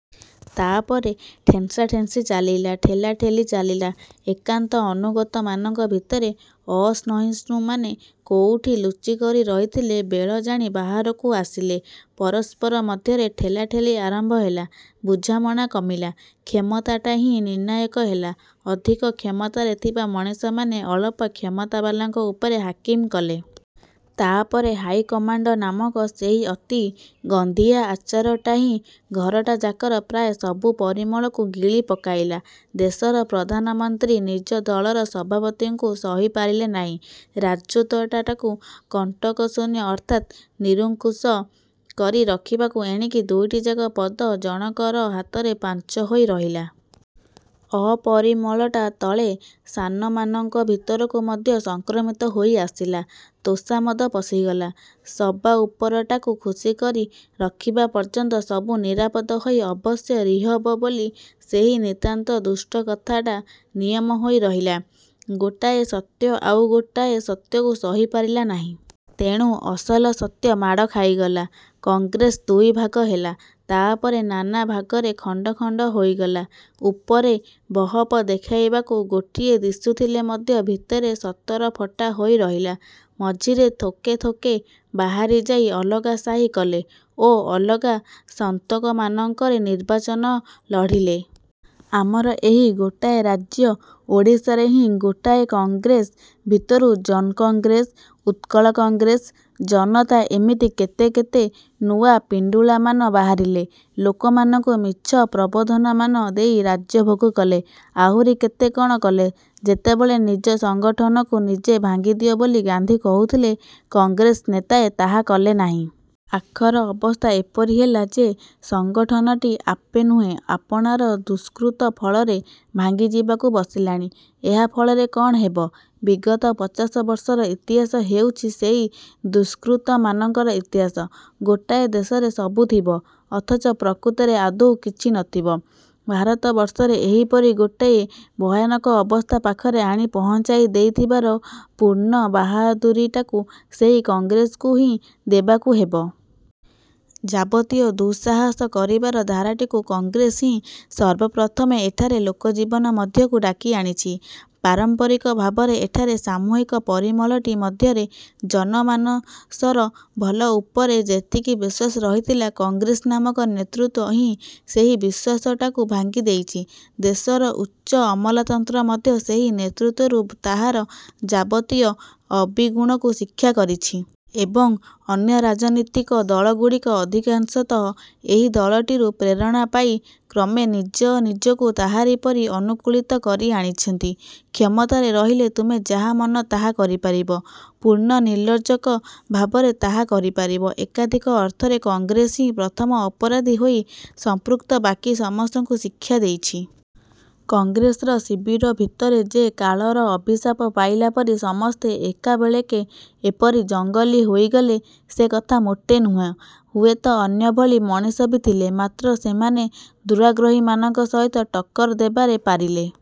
ତାପରେ ଠେଁସାଠେସିଁ ଚାଲିଲା, ଠେଲାଠେଲି ଚାଲିଲା। ଏକାନ୍ତ ଅନୁଗତମାନଙ୍କ ଭିତରେ ଅସହିଷ୍ଣୁମାନେ କୋଉଠି ଲୁଚିକରି ରହିଥିଲେ, ବେଳ ଜାଣି ବାହାରକୁ ଆସିଲେ। ପରସ୍ପର ମଧ୍ୟରେ ଠେଲାଠେଲି ଆରମ୍ଭ ହେଲା। ବୁଝାମଣା କମିଲା, କ୍ଷମତାଟି ହିଁ ନିର୍ଣ୍ଣାୟକ ହେଲା। ଅଧିକ କ୍ଷମତାରେ ଥିବା ମଣିଷମାନେ ଅଳପ କ୍ଷମତାବାଲାଙ୍କ ଉପରେ ହାକିମୀ କଲେ। ତା'ପରେ ହାଇକମାଣ୍ଡ ନାମକ ସେହି ଅତି ଗନ୍ଧିଆ ଆଚାରଟା ହିଁ ଘରଟା ଯାକର ପ୍ରାୟ ସବୁ ପରିମଳକୁ ଗିଳି ପକାଇଲା। ଦେଶର ପ୍ରଧାନମନ୍ତ୍ରୀ ନିଜ ଦଳର ସଭାପତିଙ୍କୁ ସହି ପାରିଲେ ନାହିଁ। ରାଜତ୍ୱଟାକୁ କଣ୍ଟକଶୂନ୍ୟ ଅର୍ଥାତ୍ ନିରଙ୍କୁଶ କରି ରଖିବାକୁ ଏଣିକି ଦୁଇଟିଯାକ ପଦ ଜଣକର ହାତର ପାଞ୍ଚ ହୋଇ ରହିଲା। ଅପରିମଳଟା ତଳେ ସାନମାନଙ୍କ ଭିତରକୁ ମଧ୍ୟ ସଂକ୍ରମିତ ହୋଇ ଆସିଲା। ତୋଷାମଦ ପଶିଗଲା। ସବାଉପରଟାକୁ ଖୁସିକରି ରଖିବା ପର୍ଯ୍ୟନ୍ତ ସବୁ ନିରାପଦ ହୋଇ ଅବଶ୍ୟ ରିହବ ବୋଲି ସେହି ନିତାନ୍ତ ଦୁଷ୍ଟ କଥାଟା ନିୟମ ହୋଇ ରହିଲା। ଗୋଟାଏ ସତ୍ୟ ଆଉ ଗୋଟାଏ ସତ୍ୟକୁ ସହି ପାରିଲା ନାହିଁ। ତେଣୁ ଅସଲ ସତ୍ୟ ମାଡ଼ ଖାଇଗଲା। କଂଗ୍ରେସ ଦୁଇଭାଗ ହେଲା, ତା'ପରେ ନାନା ଭାଗରେ ଖଣ୍ଡ ଖଣ୍ଡ ହୋଇଗଲା। ଉପରେ ବହପ ଦେଖାଇବାକୁ ଗୋଟିଏ ଦିଶୁଥିଲେ ମଧ୍ୟ ଭିତରେ ସତରଫଟା ହୋଇ ରହିଲା। ମଝିରେ ଥୋକେ ଥୋକେ ବାହାରିଯାଇ ଅଲଗା ସାହି କଲେ ଓ ଅଲଗା ସନ୍ତକମାନଙ୍କରେ ନିର୍ବାଚନ ଲଢ଼ିଲେ। ଆମର ଏହି ଗୋଟାଏ ରାଜ୍ୟ ଓଡ଼ିଶାରେ ହିଁ ଗୋଟାଏ କଂଗ୍ରେସ ଭିତରୁ ଜନକଂଗ୍ରେସ, ଉତ୍କଳ କଂଗ୍ରେସ, ଜନତା ଏମିତି କେତେ କେତେ ନୂଆ ପିଣ୍ଡୁଳାମାନ ବାହାରିଲେ। ଲୋକମାନଙ୍କୁ ମିଛ ପ୍ରବୋଧନାମାନ ଦେଇ ରାଜ୍ୟ ଭୋଗ କଲେ। ଆହୁରି କେତେ କ'ଣ କଲେ। ଯେତେବେଳେ ନିଜ ସଂଗଠନକୁ ନିଜେ ଭାଙ୍ଗିଦିଅ ବୋଲି ଗାନ୍ଧୀ କହୁଥିଲେ, କଂଗ୍ରେସ ନେତାଏ ତାହା କଲେ ନାହିଁ। ଆଖର ଅବସ୍ଥା ଏପରି ହେଲା,। ଯେ, ସଂଗଠନଟି ଆପେ ନୁହେଁ, ଆପଣାର ଦୁଷ୍କୃତ ଫଳରେ ଭାଙ୍ଗିଯିବାକୁ ବସିଲାଣି। ଏହା ଫଳରେ କ'ଣ ହେବ? ବିଗତ ପଚାଶ ବର୍ଷର ଇତିହାସ ହେଉଛି ସେହି ଦୁଷ୍କୃତମାନଙ୍କର ଇତିହାସ। ଗୋଟାଏ ଦେଶରେ ସବୁ ଥିବ, ଅଥଚ ପ୍ରକୃତରେ ଆଦୌ କିଛି ନଥିବ,- ଭାରତବର୍ଷରେ ଏହିପରି ଗୋଟିଏ ଭୟାନକ ଅବସ୍ଥା ପାଖରେ ଆଣି ପହଞ୍ଚାଇ ଦେଇ ଥିବାର ପୂର୍ଣ୍ଣ ବାହାଦୂରୀଟାକୁ ସେହି କଂଗ୍ରେସକୁ ହିଁ ଦେବାକୁ ହେବ-। ଯାବତୀୟ ଦୁଃସାହସ କରିବାର ଧାରାଟିକୁ କଂଗ୍ରେସ ହିଁ ସର୍ବପ୍ରଥମେ ଏଠାରେ ଲୋକଜୀବନ ମଧ୍ୟକୁ ଡାକି ଆଣିଛି। ପାରମ୍ପରିକ ଭାବରେ ଏଠାରେ ସାମୂହିକ ପରିମଳଟି ମଧ୍ୟରେ ଜନମାନସର ଭଲ ଉପରେ ଯେତିକି ବିଶ୍ୱାସ ରହିଥିଲା, କଂଗ୍ରେସ ନାମକ ନେତୃତ୍ୱ ହିଁ ସେହି ବିଶ୍ୱାସଟାକୁ ଭାଙ୍ଗି ଦେଇଛି। ଦେଶର ଉଚ୍ଚ ଅମଲାତନ୍ତ୍ର ମଧ୍ୟ ସେହି ନେତୃତ୍ୱରୁ ତାହାର ଯାବତୀୟ ଅବିଗୁଣକୁ ଶିକ୍ଷା କରିଛି। ଏବଂ, ଅନ୍ୟ ରାଜନୀତିକ ଦଳଗୁଡ଼ିକ ଅଧିକାଂଶତଃ ଏହି ଦଳଟିରୁ ପ୍ରେରଣା ପାଇ କ୍ରମେ ନିଜ ନିଜକୁ ତାହାରି ପରି ଅନୁକୂଳିତ କରିଆଣିଛନ୍ତି। କ୍ଷମତାରେ ରହିଲେ ତୁମେ ଯାହା ମନ ତାହା କରିପାରିବ, ପୂର୍ଣ୍ଣ ନିର୍ଲଜ୍ଜ ଭାବରେ ତାହା କରିପାରିବ, ଏକାଧିକ ଅର୍ଥରେ କଂଗ୍ରେସ ହିଁ ପ୍ରଥମ ଅପରାଧୀ ହୋଇ ସମ୍ପୃକ୍ତ ବାକୀ ସମସ୍ତଙ୍କୁ ଶିକ୍ଷା ଦେଇଛି। କଂଗ୍ରେସର ଶିବିର ଭିତରେ ଯେ କାଳର ଅଭିଶାପ ପାଇଲା ପରି ସମସ୍ତେ ଏକାବେଳେକେ ଏପରି ଜଙ୍ଗଲୀ ହୋଇଗଲେ, ସେ କଥା ମୋଟେ ନୁହେଁ। ହୁଏତ ଅନ୍ୟଭଳି ମଣିଷ ବି ଥିଲେ, ମାତ୍ର ସେମାନେ ଦୁରାଗ୍ରହୀମାନଙ୍କ ସହିତ ଟକ୍କର ଦେବାରେ ପାରିଲେ